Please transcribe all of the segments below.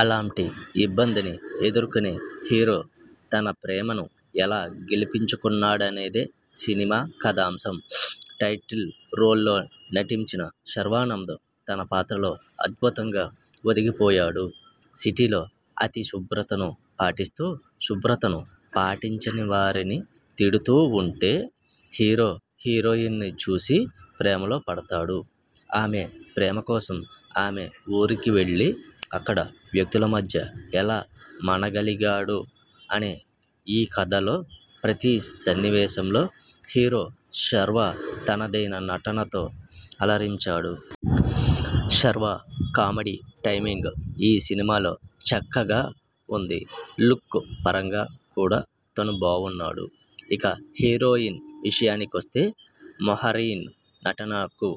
అలాంటి ఇబ్బందిని ఎదుర్కొనే హీరో, తన ప్రేమను ఎలా గెలిపించుకున్నాడనేదే సినిమా కథాంశం. టైటిల్ రోల్లో నటించిన శర్వానంద్ తన పాత్రలో అద్భుతంగా ఒదిగిపోయాడు. సిటీలో అతి శుభ్రతను పాటిస్తూ, శుభ్రతను పాటించని వారిని తిడుతూ ఉంటే హీరో, హీరోయిన్ను చూసి ప్రేమలో పడతాడు. ఆమె ప్రేమ కోసం ఆమె ఊరికి వెళ్లి, అక్కడ వ్యక్తుల మధ్య ఎలా మనగలిగాడు అనే ఈ కథలో ప్రతి సన్నివేశంలో హీరో శర్వా తనదైన నటనతో అలరించాడు. శర్వా కామెడీ టైమింగ్ ఈ సినిమాలో చక్కగా ఉంది. లుక్ పరంగా కూడా తను బావున్నాడు. ఇక హీరోయిన్ విషయానికొస్తే మెహరీన్ నటనకు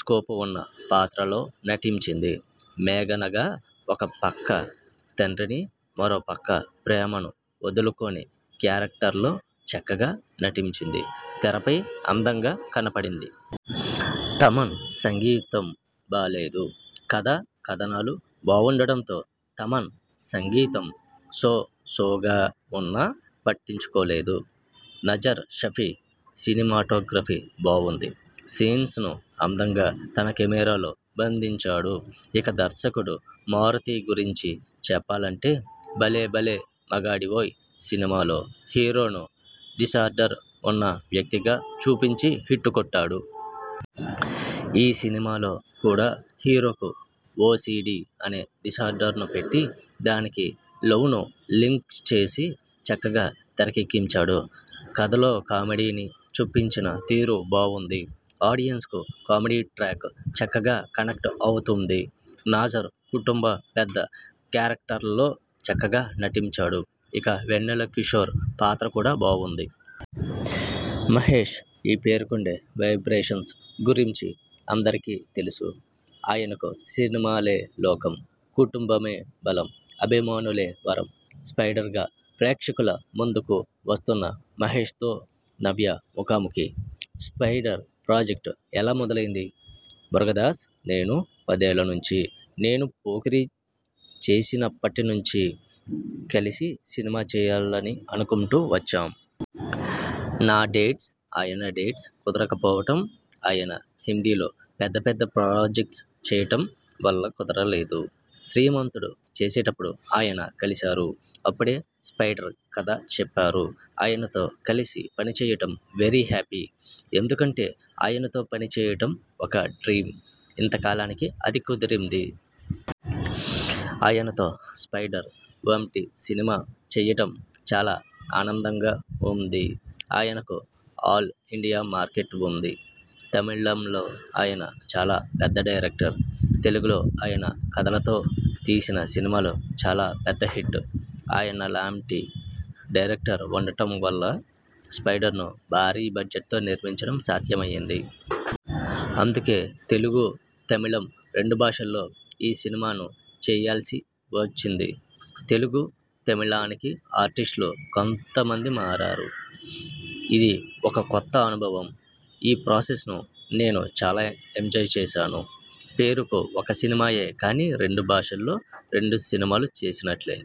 స్కోప్ ఉన్న పాత్రలో నటించింది. మేఘనగా ఒక పక్క తండ్రిని, మరో పక్క ప్రేమను వదులుకోని క్యారెక్టర్లో చక్కగా నటించింది. తెరపై అందంగా కనపడింది. తమన్ సంగీతం బాలేదు. కథ, కథనాలు బావుండటంతో తమన్ సంగీతం సో సోగా ఉన్నా, పట్టించుకోలేదు. నజర్ షఫీ సినిమాటోగ్రఫీ బావుంది. సీన్స్ను అందంగా తన కెమరాలో బంధించాడు. ఇక దర్శకుడు మారుతి గురించి చెప్పాలంటే భలే భలే మగాడివోయ్ సినిమాలో హీరోను డిసార్డర్ ఉన్న వ్యక్తిగా చూపించి హిట్ కొట్టాడు. ఈసినిమాలో కూడా హీరోకు ఓసీడీ అనే డిసార్డర్ను పెట్టి, దానికి లవ్ను లింక్ చేసి చక్కగా తెరకెక్కించాడు. కథలోకామెడీని చొప్పించిన తీరు బావుంది. ఆడియెన్స్కు కామెడీ ట్రాక్ చక్కగా కనెక్ట్ అవుతుంది. నాజర్ కుటుంబ పెద్ద క్యారెక్టర్లో చక్కగా నటించాడు. ఇక వెన్నెలకిషోర్ పాత్ర కూడా బావుంది. మహేశ్ ఈ పేరుకుండే వైబ్రేషన్స్ గురించి అందరికీ తెలుసు. ఆయనకు సినిమాలే లోకం. కుటుంబమే బలం. అభిమానులే వరం. 'స్పైడర్' గా ప్రేక్షకుల ముందుకు వస్తున్న మహేశ్తో 'నవ్య' ముఖాముఖి. 'స్పైడర్' ప్రాజెక్ట్ ఎలా మొదలైంది? మురుగదాస్, నేను పదేళ్ల నుంచీ నేను 'పోకిరి' చేసినప్పట్నించీ కలిసి సినిమా చేయాలని అనుకుంటూ వచ్చాం. నా డేట్స్, ఆయన డేట్స్ కుదరకపోవడం, ఆయన హిందీలో పెద్ద పెద్ద ప్రాజెక్ట్స్ చేయడం వల్ల కుదరలేదు. 'శ్రీమంతుడు' చేసేప్పుడు ఆయన కలిశారు. అప్పుడే 'స్పైడర్' కథ చెప్పారు. ఆయనతో కలిసి పనిచేయడం వెరీ హ్యాపీ. ఎందుకంటే ఆయనతో పనిచేయడం ఒక డ్రీమ్. ఇంత కాలానికి అది కుదిరింది. ఆయనతో 'స్పైడర్' వంటి సినిమా చేయడం చాలా ఆనందంగా ఉంది. ఆయనకు ఆల్ ఇండియా మార్కెట్ ఉంది. తమిళంలో ఆయన చాలా పెద్ద డైరెక్టర్. తెలుగులో ఆయన కథలతో తీసిన సినిమాలు చాలా పెద్ద హిట్. ఆయన లాంటి డైరెక్టర్ ఉండటం వల్ల 'స్పైడర్'ను భారీ బడ్జెట్తో నిర్మించడం సాధ్యమైంది. అందుకే తెలుగు, తమిళం రెండు భాషల్లో ఈ సినిమాను చేయాల్సి వచ్చింది. తెలుగు, తమిళానికి ఆర్టిస్టులు కొంత మంది మారారు. ఇది ఒక కొత్త అనుభవం. ఆ ప్రాసె్సను నేను చాలా ఎంజాయ్ చేశాను. పేరుకు ఒక సినిమాయే కానీ రెండు భాషల్లో రెండు సినిమాలు చేసినట్లే!